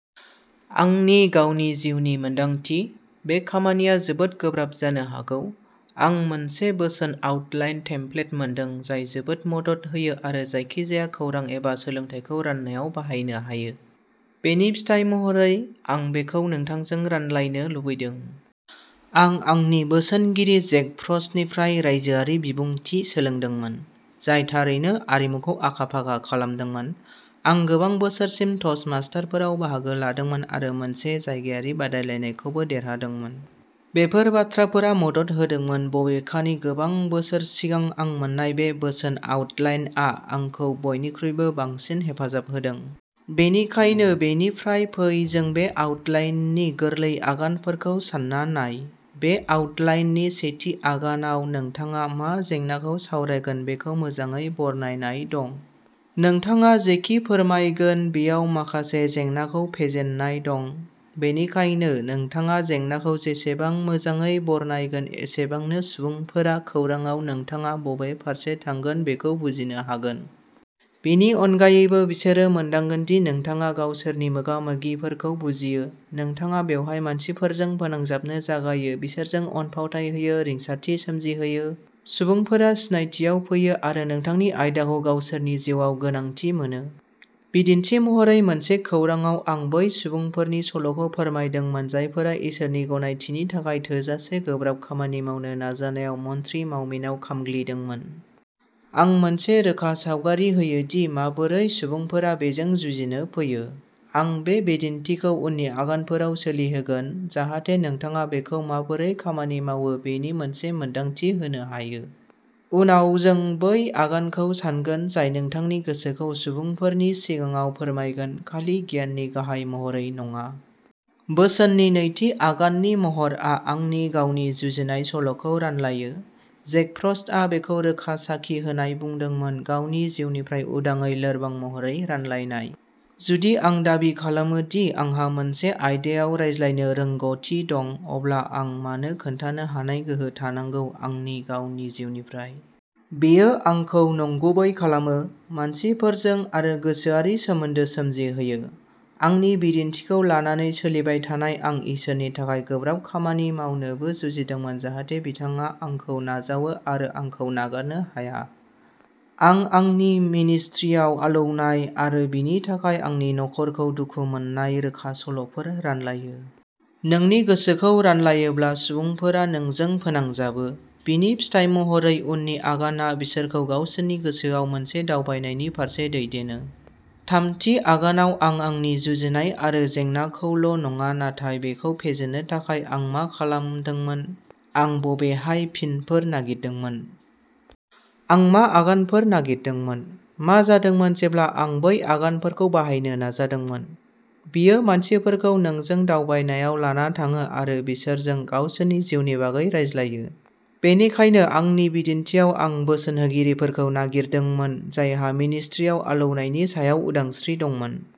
आंनि गावनि जिउनि मोन्दांथि। बे खामानिया जोबोद गोब्राब जानो हागौ। आं मोनसे बोसोन आउटलाइन टेमप्लेट मोनदों जाय जोबोद मदद होयो आरो जायखिजाया खौरां एबा सोलोंथायखौ राननायाव बाहायनो हायो। बेनि फिथाइ महरै, आं बेखौ नोंथांजों रानलायनो लुबैदों। आं आंनि बोसोनगिरि जेक फ्रस्टनिफ्राय रायजोआरि बिबुंथि सोलोंदोंमोन, जाय थारैनो आरिमुखौ आखा फाखा खालामदोंमोन। आं गोबां बोसोरसिम टस्टमास्टारफोराव बाहागो लादोंमोन आरो मोनसे जायगायारि बादायलायनायखौबो देरहादोंमोन। बेफोर बाथ्राफोरा मदद होदोंमोन बबेखानि गोबां बोसोर सिगां आं मोन्नाय बे बोसोन आउटलाइनआ आंखौ बयनिख्रुइबो बांसिन हेफाजाब होदों। बेनिखायनो बेनिफ्राय फै जों बे आउटलाइननि गोरलै आगानफोरखौ सानना नाय। बे आउटलाइननि सेथि आगानाव नोंथाङा मा जेंनाखौ सावरायगोन बेखौ मोजाङै बरनायनाय दं। नोंथाङा जेखि फोरमायगोन बेयाव माखासे जेंनाखौ फेजेननाय दं। बेनिखायनो, नोंथाङा जेंनाखौ जेसेबां मोजाङै बरनायगोन एसेबांनो सुबुंफोरा खौरांआव नोंथाङा बबे फारसे थांगोन बेखौ बुजिनो हागोन। बेनि अनगायैबो बिसोरो मोनदांगोन दि नोंथाङा गावसोरनि मोगा मोगिफोरखौ बुजियो। नोंथाङा बेवहाय मानसिफोरजों फोनांजाबनो जागायो बिसोरजों अनफावथाय होयो रिंसारथि सोमजिहोयो। सुबुंफोरा सिनायथियाव फैयो आरो नोंथांनि आयदाखौ गावसोरनि जिउआव गोनांथि मोनो। बिदिन्थि महरै मोनसे खौरांआव आं बै सुबुंफोरनि सल'खौ फोरमायदोंमोन जायफोरा इसोरनि गनायथिनि थाखाय थोजासे गोब्राब खामानि मावनो नाजानायाव मन्थ्रि मावमिनाव खामग्लिदोंमोन। आं मोनसे रोखा सावगारि होयो दि माबोरै सुबुंफोरा बेजों जुजिनो फैयो। आं बे बिदिन्थिखौ उननि आगानफोराव सोलिहोगोन, जाहाथे नोंथाङा बेखौ माबोरै खामानि मावो बेनि मोनसे मोनदांथि होनो हायो। उनाव जों बै आगानखौ सानगोन जाय नोंथांनि गोसोखौ सुबुंफोरनि सिगाङाव फोरमायगोन खालि गियाननि गाहाय महरै नङा। बोसोननि नैथि आगाननि महरआ आंनि गावनि जुजिनाय सल'खौ रानलायो। जेक फ्रस्टआ बेखौ रोखा साखि होनाय बुंदोंमोन गावनि जिउनिफ्राय उदाङै लोरबां महरै रानलायनाय। जुदि आं दाबि खालामो दि आंहा मोनसे आयदायाव रायज्लायनो रोंग'थि दं आं मानो खोन्थानो हानाय गोहो थानांगौ आंनि गावनि जिउनिफ्राय। बेयो आंखौ नंगुबै खालामो। मानसिफोरजों आरो गोसोआरि सोमोन्दो सोमजिहोयो। आंनि बिदिन्थिखौ लानानै सोलिबाय थानाय आं इसोरनि थाखाय गोब्राब खामानि मावनोबो जुजिदोंमोन जाहाथे बिथाङा आंखौ नाजावो आरो आंखौ नागारनो हाया। आं आंनि मिनिस्ट्रियाव आलौनाय आरो बिनि थाखाय आंनि नखरखौ दुखु मोन्नायनि रोखा सल'फोर रानलायो। नोंनि गोसोखौ रानलायोब्ला सुबुंफोरा नोंजों फोनांजाबो। बिनि फिथाइ महरै उननि आगानआ बिसोरखौ गावसोरनि गोसोयाव मोनसे दावबायनायनि फारसे दैदेनो। थामथि आगानाव आं आंनि जुजिनाय आरो जेंनाखौल'नङा नाथाय बेखौ फेजेननो थाखाय आं मा खालामदोंमोन। आं बबेहाय फिनफोर नागिरदोंमोन। आं मा आगानफोर नागिरदोंमोन? मा जादोंमोन जेब्ला आं बै आगानफोरखौ बाहायनो नाजादोंमोन। बेयो मानसिफोरखौ नोंजों दावबायनायाव लाना थाङो आरो बिसोरजों गावसोरनि जिउनि बागै रायज्लायो। बेनिखायनो आंनि बिदिन्थिआव आं बोसोन होगिरिफोरखौ नागिरदोंमोन जायहा मिनिस्ट्रियाव आलौनायनि सायाव उदांस्रि दंमोन।